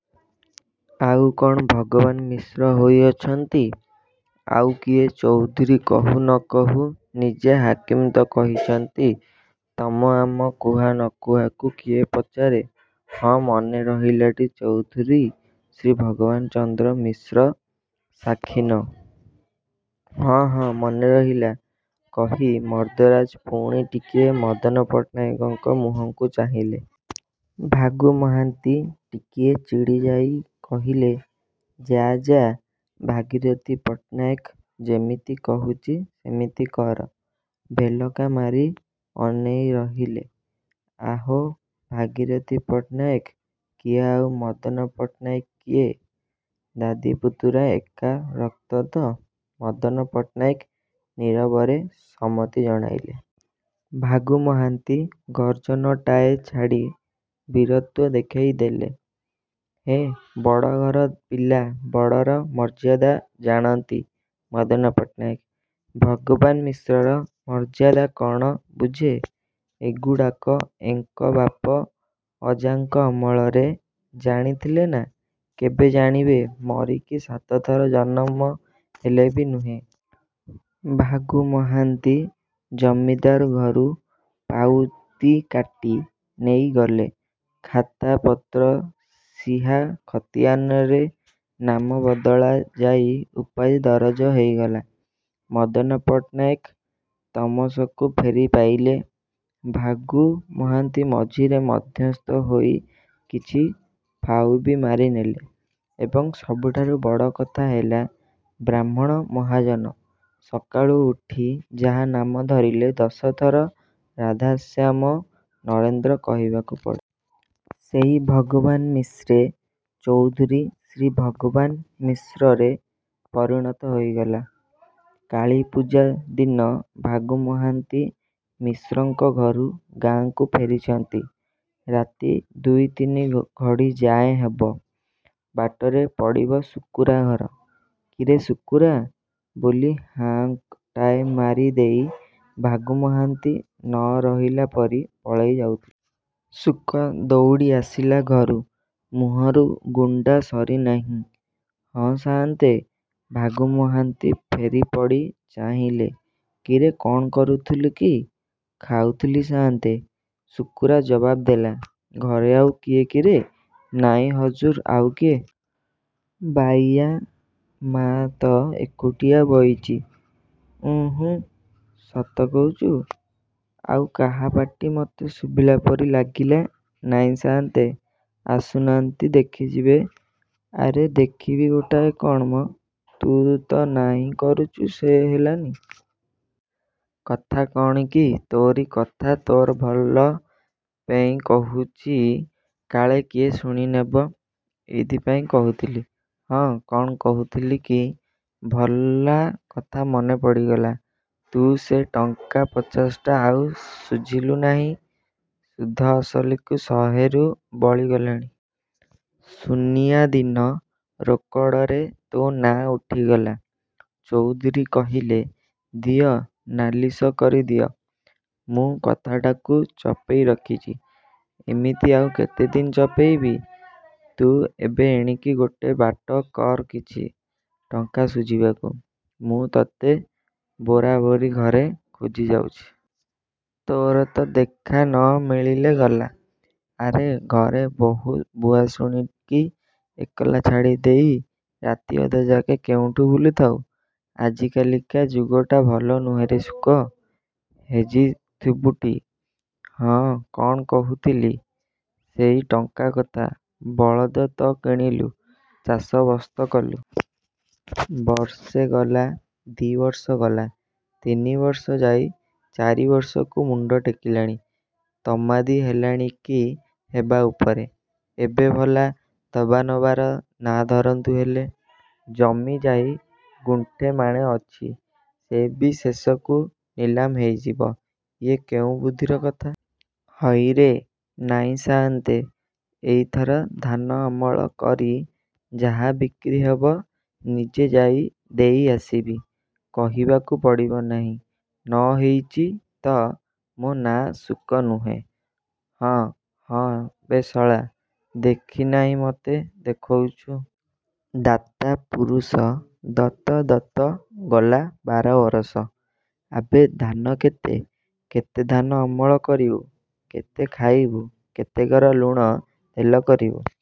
ଆଉ କଣ ଭଗବାନ ମିଶ୍ର ହୋଇ ଅଛନ୍ତି। ଆଉ କିଏ ଚୌଧୁରୀ କହୁ ନ କହୁ ନିଜେ ହାକିମ ତ କହିଛନ୍ତି। ତମ ଆମ କୁହା ନକୁହାକୁ କିଏ ପଚାରେ ହଁ ମନେ ରହିଲାଟି ଚୌଧୁରୀ ଶ୍ରୀ ଭଗବାନଚନ୍ଦ୍ର ମିଶ୍ର ସାଖିନ। ହଁ, ହଁ, ମନେ ରହିଲା କହି, ମର୍ଦ୍ଦରାଜ ପୁଣି ଟିକିଏ ମଦନ ପଟ୍ଟନାୟକଙ୍କ ମୁହଁକୁ ଚାହିଁଲେ। ଭାଗୁ ମହାନ୍ତି ଟିକିଏ ଚିଡ଼ିଯାଇ କହିଲେ ଯାଃ ଯାଃ ଭାଗିରଥି ପଟ୍ଟନାୟକ ଯେମିତି କହୁଛି ସେମିତି କର ଭେଲକା ମାରି ଅନେଇ ରହିଲେ। ଆହୋ ଭାଗିରଥି ପଟ୍ଟନାୟକ କିଏ ଆଉ ମଦନ ପଟ୍ଟନାୟକ କିଏ? ଦାଦି ପୁତୁରା ଏକା ରକ୍ତ ତ। ମଦନ ପଟ୍ଟନାୟକ ନୀରବରେ ସମ୍ମତି ଜଣାଇଲେ। ଭାଗୁ ମହାନ୍ତି ଗର୍ଜନଟାଏ ଛାଡ଼ି ବୀରତ୍ୱ ଦେଖେଇ ଦେଲେ ହେଁ ବଡ଼ଘର ପିଲା ବଡ଼ର ମର୍ଯ୍ୟାଦା ଜାଣନ୍ତି ମଦନ ପଟ୍ଟନାୟକ, ଭଗବାନ ମିଶ୍ରର ମର୍ଯ୍ୟାଦା କଣ ବୁଝେ। ଏଗୁଡ଼ାକ ଏଙ୍କ ବାପ ଅଜାଙ୍କ ଅମଳରେ ଜାଣିଥିଲେନା କେବେ ଜାଣିବେ ମରିକି ସାତଥର ଜନମ ହେଲେବି ନୁହେଁ। ଭାଗୁ ମହାନ୍ତି ଜମିଦାର ଘରୁ ପାଉତି କାଟି ନେଇ ଗଲେ। ଖାତା ପତ୍ର ସିହା ଖତିଆନରେ ନାମ ବଦଳା ଯାଇ ଉପାଧି ଦରଜ ହେଇଗଲା। ମଦନ ପଟ୍ଟନାୟକ ତମସୁକ ଫେରି ପାଇଲେ। ଭାଗୁ ମହାନ୍ତି ମଝିରେ ମଧ୍ୟସ୍ଥ ହୋଇ କିଛି ଫାଉବି ମାରିନେଲେ। ଏବଂ ସବୁଠାରୁ ବଡ଼ କଥା ହେଲା ବାହ୍ମୁଣ ମହାଜନ, ସକାଳୁ ଉଠି ଯାହା ନାମ ଧରିଲେ ଦଶ ଥର ରାଧାଶ୍ୟାମ ନରେନ୍ଦ୍ର କହିବାକୁ ପଡ଼େ। ସେଇ ଭଗବାନ ମିଶ୍ରେ ଚୌଧୁରୀ ଶ୍ରୀ ଭଗବାନ ମିଶ୍ରରେ ପରିଣତ ହୋଇଗଲେ। କାଳୀପୂଜା ଦିନ ଭାଗୁ ମହାନ୍ତି ମିଶ୍ରଙ୍କ ଘରୁ ଗାଁକୁ ଫେରିଛନ୍ତି। ରାତି ଦୁଇ ତିନି ଘଡ଼ିଯାଏଁ ହବ। ବାଟରେ ପଡ଼ିବ ଶୁକୁରା ଘର। କିରେ ଶୁକୁରା ବୋଲି ହାଙ୍କଟାଏ ମାରି ଦେଇ ଭାଗୁ ମହାନ୍ତି ନ ରହିଲା ପରି ପଳେଇ ଯାଉଥିଲେ। ଶୁକ ଦଉଡ଼ି ଆସିଲା ଘରୁ। ମୁହଁରୁ ଗୁଣ୍ଡା ସରି ନାହିଁ। ହଁ ସାଆନ୍ତେ! ଭାଗୁ ମହାନ୍ତି ଫେରିପଡ଼ି ଚାହିଁଲେ କିରେ କଣ କରୁଥିଲୁ କି? ଖାଉଥିଲି ସାଆନ୍ତେ। ଶୁକୁରା ଜବାବ ଦେଲା। ଘରେ ଆଉ କିଏ କିରେ? ନାଇଁ ହଜୁର ଆଉ କିଏ? ବାଇୟା ମା ତ ଏକୁଟିଆ ବଇଚି। ଉଁ ହୁଁ। ସତ କହୁଛୁ? ଆଉ କାହା ପାଟି ମୋତେ ଶୁଭିଲା ପରି ଲାଗିଲା। ନାଇଁ ସାଆନ୍ତେ। ଆସୁ ନାହାନ୍ତି ଦେଖିଯିବେ। ଆରେ ଦେଖିବି ଗୋଟାଏ କ'ଣ ମ? ତୁ ତ ନାହିଁ କରୁଛୁ ସେଇ ହେଲାନି? କଥା କଣ କି ତୋରି କଥା ତୋର ଭଲ ପେଇଁ କହୁଛି କାଳେ କିଏ ଶୁଣି ନେବ। ଏଇଥିପାଇଁ କହୁଥିଲି। ହଁ କଣ କହୁଥିଲିକି ଭଲା କଥା ମନେ ପଡ଼ିଗଲା ତୁ ସେ ଟଙ୍କା ପଚାଶଟା ଆଉ ଶୁଝିଲୁ ନାହିଁ। ସୁଧ ଅସଲକି ଶହେରୁ ବଳି ଗଲାଣି। ସୁନିଆ ଦିନ ରୋକଡ଼ରେ ତୋ ନାଆଁ ଉଠିଗଲା। ଚୌଧୁରୀ କହିଲେ ଦିଅ ନାଲିଶ କରିଦିଅ ।ମୁଁ କଥାଟାକୁ ଚପେଇ ରଖିଛି। ଏମିତି ଆଉ କେତେଦିନ ଚପେଇବି? ତୁ ଏବେ ଏଣିକି ଗୋଟେ ବାଟ କର କିଛି, ଟଙ୍କା ଶୁଝିବାକୁ। ମୁଁ ତୋତେ ବୋରା ବୋରି ଘରେ ଖୋଜି ଯାଉଚି। ତୋରତ ଦେଖା ନ ମିଳିଲେ ଗଲା। ଆରେ, ଘରେ ବହୂ ଭୁଆସୁଣୀକି ଏକଲା ଛାଡ଼ି ଦେଇ ରାତିଅଧଯାକେ କେଉଁଠି ବୁଲୁଥାଉ? ଆଜିକାଲିକା ଯୁଗଟା ଭଲ ନୁହେଁରେ ଶୁକ। ହେଜିଥିବୁଟି! ହଁ, କଣ କହୁଥିଲି? ସେଇ ଟଙ୍କା କଥା। ବଳଦ ତ କିଣିଲୁ। ଚାଷ ବସ୍ତ କଲୁ। ବର୍ଷେ ଗଲା, ଦି ବର୍ଷ ଗଲା ତିନିବର୍ଷ ଯାଇ ଚାରିବର୍ଷକୁ ମୁଣ୍ଡ ଟେକିଲାଣି। ତମାଦି ହେଲାଣି କି ହେବା ଉପରେ। ଏବେ ଭଲା ଦବାନବାର ନାଁ ଧରନ୍ତୁ ହେଲେ। ଜମି ଯାହି ଗୁଣ୍ଠେ ମାଣେ ଅଛି ସେ ବି ଶେଷକୁ ନିଲାମ ହେଇ ଯିବ। ଇଏ କୋଉଁ ବୁଦ୍ଧିର କଥା! ହଇରେ! ନାଇଁ ସାଆନ୍ତେ, ଏଇଥର ଧାନ ଅମଳ କରି ଯାହା ବିକ୍ରିହବ ନିଜେ ଯାଇ ଦେଇ ଆସିବି କହିବାକୁ ପଡ଼ିବ ନାହିଁ ନ ହେଇଚି ତ ମୋ ନାଆଁ ଶୁକ ନୁହେଁ। ହଁ, ହଁ ବେ ଶଳା, ଦେଖି ନାହିଁ ମୋତେ ଦେଖଉଚୁ। ଦାତା ପୁରୁଷ ଦଉ ଦଉ ଗଲା ବାରବରଷ। ଆବେ ଧାନ କେତେ? କେତେ ଧାନ ଅମଳ କରିବୁ? କେତେ ଖାଇବୁ? କେତେକର ଲୁଣ ତେଲ କରିବୁ?